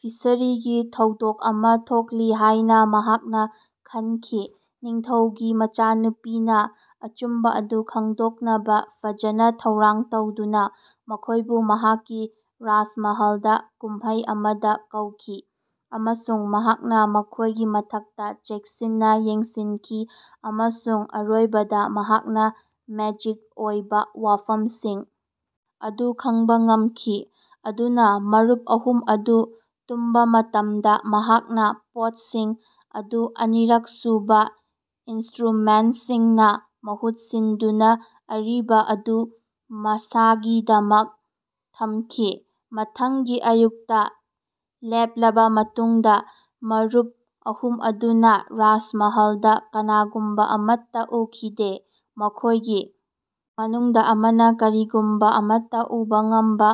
ꯐꯤꯁꯔꯤꯒꯤ ꯊꯧꯗꯣꯛ ꯑꯃꯥ ꯊꯣꯛꯂꯤ ꯍꯥꯏꯅꯥ ꯃꯍꯥꯛꯅꯥ ꯈꯟꯈꯤ꯫ ꯅꯤꯡꯊꯧꯒꯤ ꯃꯆꯥꯅꯨꯄꯤꯅꯥ ꯑꯆꯨꯝꯕꯥ ꯑꯗꯨ ꯈꯪꯗꯣꯛꯅꯕꯥ ꯐꯖꯅꯥ ꯊꯧꯔꯥꯡ ꯇꯧꯗꯨꯅꯥ ꯃꯈꯣꯏꯕꯨ ꯃꯍꯥꯛꯀꯤ ꯔꯥꯖꯃꯍꯜꯗꯥ ꯀꯨꯝꯃꯩ ꯑꯃꯗꯥ ꯀꯧꯈꯤ꯫ ꯑꯃꯁꯨꯡ ꯃꯍꯥꯛꯅꯥ ꯃꯈꯣꯏꯒꯤ ꯃꯊꯛꯇꯥ ꯆꯦꯛꯁꯤꯟꯅꯥ ꯌꯦꯡꯁꯤꯟꯈꯤ ꯑꯃꯁꯨꯡ ꯑꯔꯣꯏꯕꯗꯥ ꯃꯍꯥꯛꯅꯥ ꯃꯦꯖꯤꯛ ꯑꯣꯏꯕꯥ ꯋꯥꯐꯝꯁꯤꯡ ꯑꯗꯨ ꯈꯪꯕꯥ ꯉꯝꯈꯤ꯫ ꯑꯗꯨꯅꯥ ꯃꯔꯨꯞ ꯑꯍꯨꯝ ꯑꯗꯨ ꯇꯨꯝꯕꯥ ꯃꯇꯝꯗꯥ ꯃꯍꯥꯛꯅꯥ ꯄꯣꯠꯁꯤꯡ ꯑꯗꯨ ꯑꯅꯤꯔꯛ ꯁꯨꯕꯥ ꯏꯅꯁ꯭ꯇꯔꯨꯃꯦꯟꯠꯁꯤꯡꯅꯥ ꯃꯍꯨꯠ ꯁꯤꯟꯗꯨꯅꯥ ꯑꯔꯤꯕꯥ ꯑꯗꯨ ꯃꯁꯥꯒꯤꯗꯃꯛ ꯊꯝꯈꯤ꯫ ꯃꯊꯪꯒꯤ ꯑꯌꯨꯛꯇꯥ ꯂꯦꯞꯂꯕꯥ ꯃꯇꯨꯡꯗꯥ ꯃꯔꯨꯞ ꯑꯍꯨꯝ ꯑꯗꯨꯅꯥ ꯔꯥꯖꯃꯍꯜꯗꯥ ꯀꯅꯥꯒꯨꯝꯕꯥ ꯑꯃꯠꯇꯥ ꯎꯈꯤꯗꯦ꯫ ꯃꯈꯣꯏꯒꯤ ꯃꯅꯨꯡꯗꯥ ꯑꯃꯅꯥ ꯀꯔꯤꯒꯨꯝꯕꯥ ꯑꯃꯠꯇꯥ ꯎꯕꯥ ꯉꯝꯕꯥ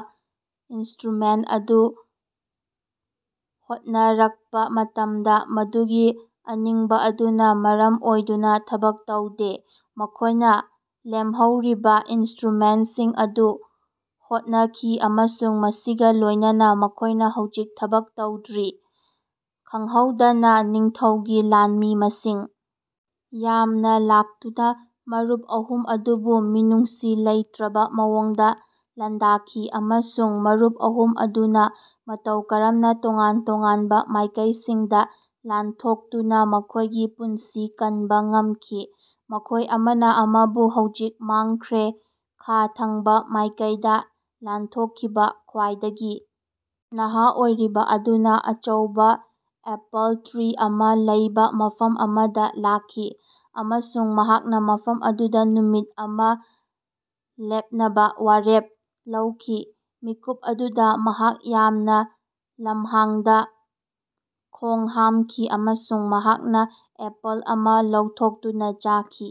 ꯏꯅꯁ꯭ꯇꯔꯨꯃꯦꯟꯠ ꯑꯗꯨ ꯍꯣꯠꯅꯔꯛꯄꯥ ꯃꯇꯝꯗꯥ ꯃꯗꯨꯒꯤ ꯑꯅꯤꯡꯕꯥ ꯑꯗꯨꯅꯥ ꯃꯔꯝ ꯑꯣꯏꯗꯨꯅꯥ ꯊꯕꯛ ꯇꯧꯗꯦ꯫ ꯃꯈꯣꯏꯅꯥ ꯂꯦꯝꯍꯧꯔꯤꯕꯥ ꯏꯅꯁ꯭ꯇꯔꯨꯃꯦꯟꯠꯁꯤꯡ ꯑꯗꯨ ꯍꯣꯠꯅꯈꯤ ꯑꯃꯁꯨꯡ ꯃꯁꯤꯒꯥ ꯂꯣꯏꯅꯅꯥ ꯃꯈꯣꯏꯅꯥ ꯍꯧꯖꯤꯛ ꯊꯕꯛ ꯇꯧꯗ꯭ꯔꯤ꯫ ꯈꯪꯍꯧꯗꯅꯥ ꯅꯤꯡꯊꯧꯒꯤ ꯂꯥꯟꯃꯤ ꯃꯁꯤꯡ ꯌꯥꯝꯅꯥ ꯂꯥꯛꯇꯨꯅꯥ ꯃꯔꯨꯞ ꯑꯍꯨꯝ ꯑꯗꯨꯕꯨ ꯃꯤꯅꯨꯡꯁꯤ ꯂꯩꯇ꯭ꯔꯕꯥ ꯃꯑꯣꯡꯗꯥ ꯂꯥꯟꯗꯥꯈꯤ ꯑꯃꯁꯨꯡ ꯃꯔꯨꯞ ꯑꯍꯨꯝ ꯑꯗꯨꯅꯥ ꯃꯇꯧ ꯀꯔꯝꯅꯥ ꯇꯣꯉꯥꯟ ꯇꯣꯉꯥꯟꯕꯥ ꯃꯥꯏꯀꯩꯁꯤꯡꯗꯥ ꯂꯥꯟꯊꯣꯛꯇꯨꯅꯥ ꯃꯈꯣꯏꯒꯤ ꯄꯨꯟꯁꯤ ꯀꯟꯕꯥ ꯉꯝꯈꯤ꯫ ꯃꯈꯣꯏ ꯑꯃꯅꯥ ꯑꯃꯕꯨ ꯍꯧꯖꯤꯛ ꯃꯥꯡꯈ꯭ꯔꯦ꯫ ꯈꯥ ꯊꯪꯕꯥ ꯃꯥꯏꯀꯩꯗꯥ ꯂꯥꯟꯊꯣꯛꯈꯤꯕꯥ ꯈ꯭ꯋꯥꯏꯗꯒꯤ ꯅꯍꯥ ꯑꯣꯏꯔꯤꯕꯥ ꯑꯗꯨꯅꯥ ꯑꯆꯧꯕꯥ ꯑꯦꯄꯜ ꯇ꯭ꯔꯤ ꯑꯃꯥ ꯂꯩꯕꯥ ꯃꯐꯝ ꯑꯃꯗꯥ ꯂꯥꯛꯈꯤ ꯑꯃꯁꯨꯡ ꯃꯍꯥꯛꯅꯥ ꯃꯐꯝ ꯑꯗꯨꯗꯥ ꯅꯨꯃꯤꯠ ꯑꯗꯨ ꯂꯦꯞꯅꯕꯥ ꯋꯥꯔꯦꯞ ꯂꯧꯈꯤ꯫ ꯃꯤꯀꯨꯞ ꯑꯗꯨꯗꯥ ꯃꯍꯥꯛ ꯌꯥꯝꯅꯥ ꯂꯝꯍꯥꯡꯗꯥ ꯈꯣꯡ ꯍꯥꯝꯈꯤ ꯑꯃꯁꯨꯡ ꯃꯍꯥꯛꯅꯥ ꯑꯦꯄꯜ ꯑꯃꯥ ꯂꯧꯊꯣꯛꯇꯨꯅꯥ ꯆꯥꯈꯤ꯫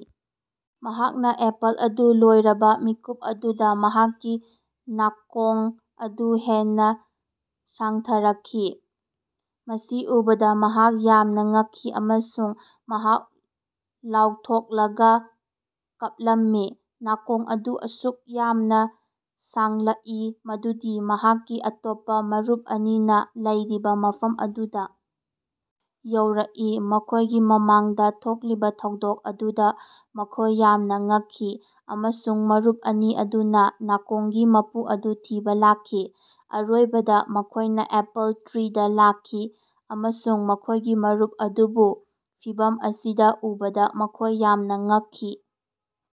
ꯃꯍꯥꯛꯅꯥ ꯑꯦꯄꯜ ꯑꯗꯨ ꯂꯣꯏꯔꯕꯥ ꯃꯤꯀꯨꯞ ꯑꯗꯨꯗꯥ ꯃꯍꯥꯛꯀꯤ ꯅꯥꯀꯣꯡ ꯑꯗꯨ ꯍꯦꯟꯅꯥ ꯁꯥꯡꯊꯔꯛꯈꯤ꯫ ꯃꯁꯤ ꯎꯕꯗꯥ ꯃꯍꯥꯛ ꯌꯥꯝꯅꯥ ꯉꯛꯈꯤ ꯑꯃꯁꯨꯡ ꯃꯍꯥꯛ ꯂꯥꯎꯊꯣꯛꯂꯒꯥ ꯀꯞꯂꯝꯃꯤ꯫ ꯅꯥꯀꯣꯡ ꯑꯗꯨ ꯑꯁꯨꯛ ꯌꯥꯝꯅꯥ ꯁꯥꯡꯂꯛꯏ ꯃꯗꯨꯗꯤ ꯃꯍꯥꯛꯀꯤ ꯑꯇꯣꯞꯄꯥ ꯃꯔꯨꯞ ꯑꯅꯤꯅꯥ ꯂꯩꯔꯤꯕꯥ ꯃꯐꯝ ꯑꯗꯨꯗꯥ ꯌꯧꯔꯛꯏ꯫ ꯃꯈꯣꯏꯒꯤ ꯃꯃꯥꯡꯗꯥ ꯊꯣꯛꯂꯤꯕꯥ ꯊꯧꯗꯣꯛ ꯑꯗꯨꯗꯥ ꯃꯈꯣꯏ ꯌꯥꯝꯅꯥ ꯉꯛꯈꯤ ꯑꯃꯁꯨꯡ ꯃꯔꯨꯞ ꯑꯅꯤ ꯑꯗꯨꯅꯥ ꯅꯥꯀꯣꯡꯒꯤ ꯃꯄꯨ ꯑꯗꯨ ꯊꯤꯕꯥ ꯂꯥꯛꯈꯤ꯫ ꯑꯔꯣꯏꯕꯗꯥ ꯃꯈꯣꯏꯅꯥ ꯑꯦꯄꯜ ꯇ꯭ꯔꯤꯗꯥ ꯂꯥꯛꯈꯤ ꯑꯃꯁꯨꯡ ꯃꯈꯣꯏꯒꯤ ꯃꯔꯨꯞ ꯑꯗꯨꯕꯨ ꯐꯤꯚꯝ ꯑꯁꯤꯗꯥ ꯎꯕꯗꯥ ꯃꯈꯣꯏ ꯌꯥꯝꯅꯥ ꯉꯛꯈꯤ꯫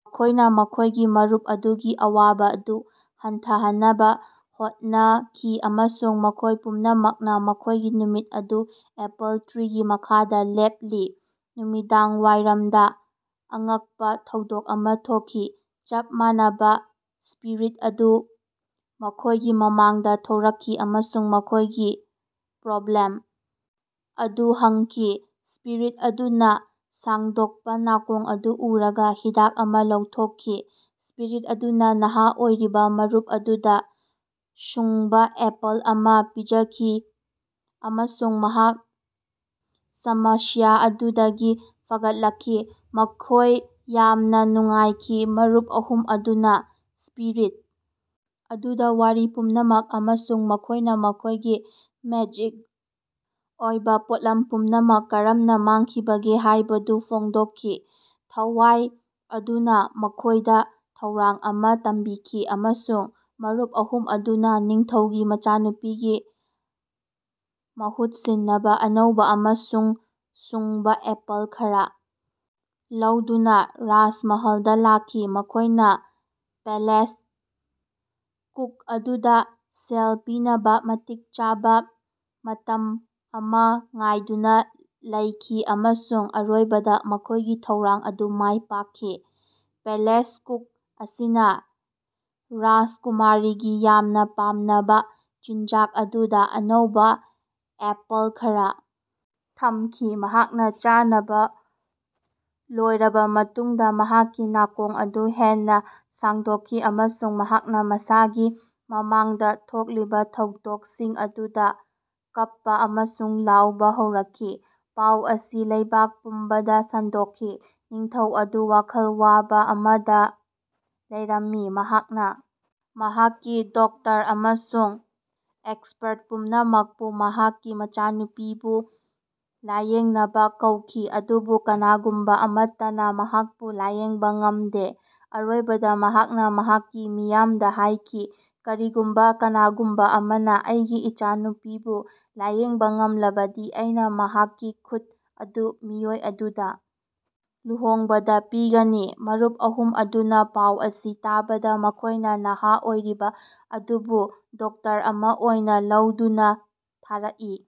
ꯃꯈꯣꯏꯅꯥ ꯃꯈꯣꯏꯒꯤ ꯃꯔꯨꯞ ꯑꯗꯨꯒꯤ ꯑꯋꯥꯕꯥ ꯑꯗꯨ ꯍꯟꯊꯍꯟꯅꯕꯥ ꯍꯣꯠꯅꯈꯤ ꯑꯃꯁꯨꯡ ꯃꯈꯣꯏ ꯄꯨꯝꯅꯃꯛꯅꯥ ꯃꯈꯣꯏꯒꯤ ꯅꯨꯃꯤꯠ ꯑꯗꯨ ꯑꯦꯄꯜ ꯇ꯭ꯔꯤꯒꯤ ꯃꯈꯥꯗꯥ ꯂꯦꯞꯂꯤ꯫ ꯅꯨꯃꯤꯗꯥꯡꯋꯥꯏꯔꯞꯗꯥ ꯑꯉꯛꯄꯥ ꯊꯧꯗꯣꯛ ꯑꯃꯥ ꯊꯣꯛꯈꯤ꯫ ꯆꯞ ꯃꯥꯟꯅꯕꯥ ꯁ꯭ꯄꯤꯔꯤꯠ ꯑꯗꯨ ꯃꯈꯣꯏꯒꯤ ꯃꯃꯥꯡꯗꯥ ꯊꯣꯔꯛꯈꯤ ꯑꯃꯁꯨꯡ ꯃꯈꯣꯏꯒꯤ ꯄ꯭ꯔꯣꯕ꯭ꯂꯦꯝ ꯑꯗꯨ ꯍꯪꯈꯤ꯫ ꯁ꯭ꯄꯤꯔꯤꯠ ꯑꯗꯨꯅꯥ ꯁꯥꯡꯗꯣꯛꯄꯥ ꯅꯥꯀꯣꯡ ꯑꯗꯨ ꯎꯔꯒꯥ ꯍꯤꯗꯥꯛ ꯑꯃꯥ ꯂꯧꯊꯣꯛꯈꯤ꯫ ꯁ꯭ꯄꯤꯔꯤꯠ ꯑꯗꯨꯅꯥ ꯅꯍꯥ ꯑꯣꯏꯔꯤꯕꯥ ꯃꯔꯨꯞ ꯑꯗꯨꯗꯥ ꯁꯨꯡꯕꯥ ꯑꯦꯄꯜ ꯑꯃꯥ ꯄꯤꯖꯈꯤ ꯑꯃꯁꯨꯡ ꯃꯍꯥꯛ ꯁꯃꯁ꯭ꯌꯥ ꯑꯗꯨꯗꯒꯤ ꯐꯒꯠꯂꯛꯈꯤ꯫ ꯃꯈꯣꯏ ꯌꯥꯝꯅꯥ ꯅꯨꯡꯉꯥꯏꯈꯤ꯫ ꯃꯔꯨꯞ ꯑꯍꯨꯝ ꯑꯗꯨꯅꯥ ꯁ꯭ꯄꯤꯔꯤꯠ ꯑꯗꯨꯗꯥ ꯋꯥꯔꯤ ꯄꯨꯝꯅꯃꯛ ꯑꯃꯁꯨꯡ ꯃꯈꯣꯏꯅꯥ ꯃꯈꯣꯏꯒꯤ ꯃꯦꯖꯤꯛ ꯑꯣꯏꯕꯥ ꯄꯣꯠꯂꯝ ꯄꯨꯝꯅꯃꯛ ꯀꯔꯝꯅꯥ ꯃꯥꯡꯈꯤꯕꯒꯦ ꯍꯥꯏꯕꯗꯨ ꯐꯣꯡꯗꯣꯛꯈꯤ꯫ ꯊꯋꯥꯏ ꯑꯗꯨꯅꯥ ꯃꯈꯣꯏꯗꯥ ꯊꯧꯔꯥꯡ ꯑꯃꯥ ꯇꯝꯕꯤꯈꯤ ꯑꯃꯁꯨꯡ ꯃꯔꯨꯞ ꯑꯍꯨꯝ ꯑꯗꯨꯅꯥ ꯅꯤꯡꯊꯧꯒꯤ ꯃꯆꯥꯅꯨꯄꯤꯒꯤ ꯃꯍꯨꯠ ꯁꯤꯟꯅꯕꯥ ꯑꯅꯧꯕꯥ ꯑꯃꯁꯨꯡ ꯁꯨꯡꯕꯥ ꯑꯦꯄꯜ ꯈꯔꯥ ꯂꯧꯗꯨꯅꯥ ꯔꯥꯖꯃꯍꯜꯗꯥ ꯂꯥꯛꯈꯤ꯫ ꯃꯈꯣꯏꯅꯥ ꯄꯦꯂꯦꯁ ꯀꯨꯛ ꯑꯗꯨꯗꯥ ꯁꯦꯜ ꯄꯤꯅꯕꯥ ꯃꯇꯤꯛ ꯆꯥꯕꯥ ꯃꯇꯝ ꯑꯃꯥ ꯉꯥꯏꯗꯨꯅꯥ ꯂꯩꯈꯤ ꯑꯃꯁꯨꯡ ꯑꯔꯣꯏꯕꯗꯥ ꯃꯈꯣꯏꯒꯤ ꯊꯧꯔꯥꯡ ꯑꯗꯨ ꯃꯥꯏ ꯄꯥꯛꯈꯤ꯫ ꯄꯦꯂꯦꯁ ꯀꯨꯛ ꯑꯁꯤꯅꯥ ꯔꯥꯖꯀꯨꯃꯥꯔꯒꯤ ꯌꯥꯝꯅꯥ ꯄꯥꯝꯅꯕꯥ ꯆꯤꯟꯖꯥꯛ ꯑꯗꯨꯗꯥ ꯑꯅꯧꯕꯥ ꯑꯦꯄꯜ ꯈꯔꯥ ꯊꯝꯈꯤ꯫ ꯃꯍꯥꯛꯅꯥ ꯆꯥꯅꯕꯥ ꯂꯣꯏꯔꯕꯥ ꯃꯇꯨꯡꯗꯥ ꯃꯍꯥꯛꯀꯤ ꯅꯥꯀꯣꯡ ꯑꯗꯨ ꯍꯦꯟꯅꯥ ꯁꯥꯡꯗꯣꯛꯈꯤ ꯑꯃꯁꯨꯡ ꯃꯍꯥꯛꯅꯥ ꯃꯁꯥꯒꯤ ꯃꯃꯥꯡꯗꯥ ꯊꯣꯛꯂꯤꯕꯥ ꯊꯧꯗꯣꯀꯁꯤꯡ ꯑꯗꯨꯗꯥ ꯀꯞꯄꯥ ꯑꯃꯁꯨꯡ ꯂꯥꯎꯕꯥ ꯍꯧꯔꯛꯈꯤ꯫ ꯄꯥꯎ ꯑꯁꯤ ꯂꯩꯕꯥꯛ ꯄꯨꯝꯕꯗꯥ ꯁꯟꯗꯣꯛꯈꯤ꯫ ꯅꯤꯡꯊꯧ ꯑꯗꯨ ꯋꯥꯈꯜ ꯋꯥꯕꯥ ꯑꯃꯗꯥ ꯂꯩꯔꯝꯃꯤ꯫ ꯃꯍꯥꯛꯅꯥ ꯃꯍꯥꯛꯀꯤ ꯗꯣꯛꯇꯔ ꯑꯃꯁꯨꯡ ꯑꯦꯛꯁꯄꯔꯠ ꯄꯨꯝꯅꯃꯛꯄꯨ ꯃꯍꯥꯛꯀꯤ ꯃꯆꯥꯅꯨꯄꯤꯕꯨ ꯂꯥꯌꯦꯡꯅꯕꯥ ꯀꯧꯈꯤ ꯑꯗꯨꯕꯨ ꯀꯅꯥꯒꯨꯝꯕꯥ ꯑꯃꯠꯇꯅꯥ ꯃꯍꯥꯛꯄꯨ ꯂꯥꯌꯦꯡꯕꯥ ꯉꯝꯗꯦ꯫ ꯑꯔꯣꯏꯕꯗꯥ ꯃꯍꯥꯛꯅꯥ ꯃꯍꯥꯛꯀꯤ ꯃꯤꯌꯥꯝꯗꯥ ꯍꯥꯏꯈꯤ ꯀꯔꯤꯒꯨꯝꯕꯥ ꯀꯅꯥꯒꯨꯝꯕꯥ ꯑꯃꯅꯥ ꯑꯩꯒꯤ ꯏꯆꯥꯅꯨꯄꯤꯕꯨ ꯂꯥꯌꯦꯡꯕꯥ ꯉꯝꯂꯕꯗꯤ ꯑꯩꯅꯥ ꯃꯍꯥꯛꯀꯤ ꯈꯨꯠ ꯑꯗꯨ ꯃꯤꯑꯣꯏ ꯑꯗꯨꯗꯥ ꯂꯨꯍꯣꯡꯕꯗꯥ ꯄꯤꯒꯅꯤ꯫ ꯃꯔꯨꯞ ꯑꯍꯨꯝ ꯑꯗꯨꯅꯥ ꯄꯥꯎ ꯑꯁꯤ ꯇꯥꯕꯗꯥ ꯃꯈꯣꯏꯅꯥ ꯅꯍꯥ ꯑꯣꯏꯔꯤꯕꯥ ꯑꯗꯨꯕꯨ ꯗꯣꯛꯇꯔ ꯑꯃꯥ ꯑꯣꯏꯅꯥ ꯂꯧꯗꯨꯅꯥ ꯊꯥꯔꯛꯏ꯫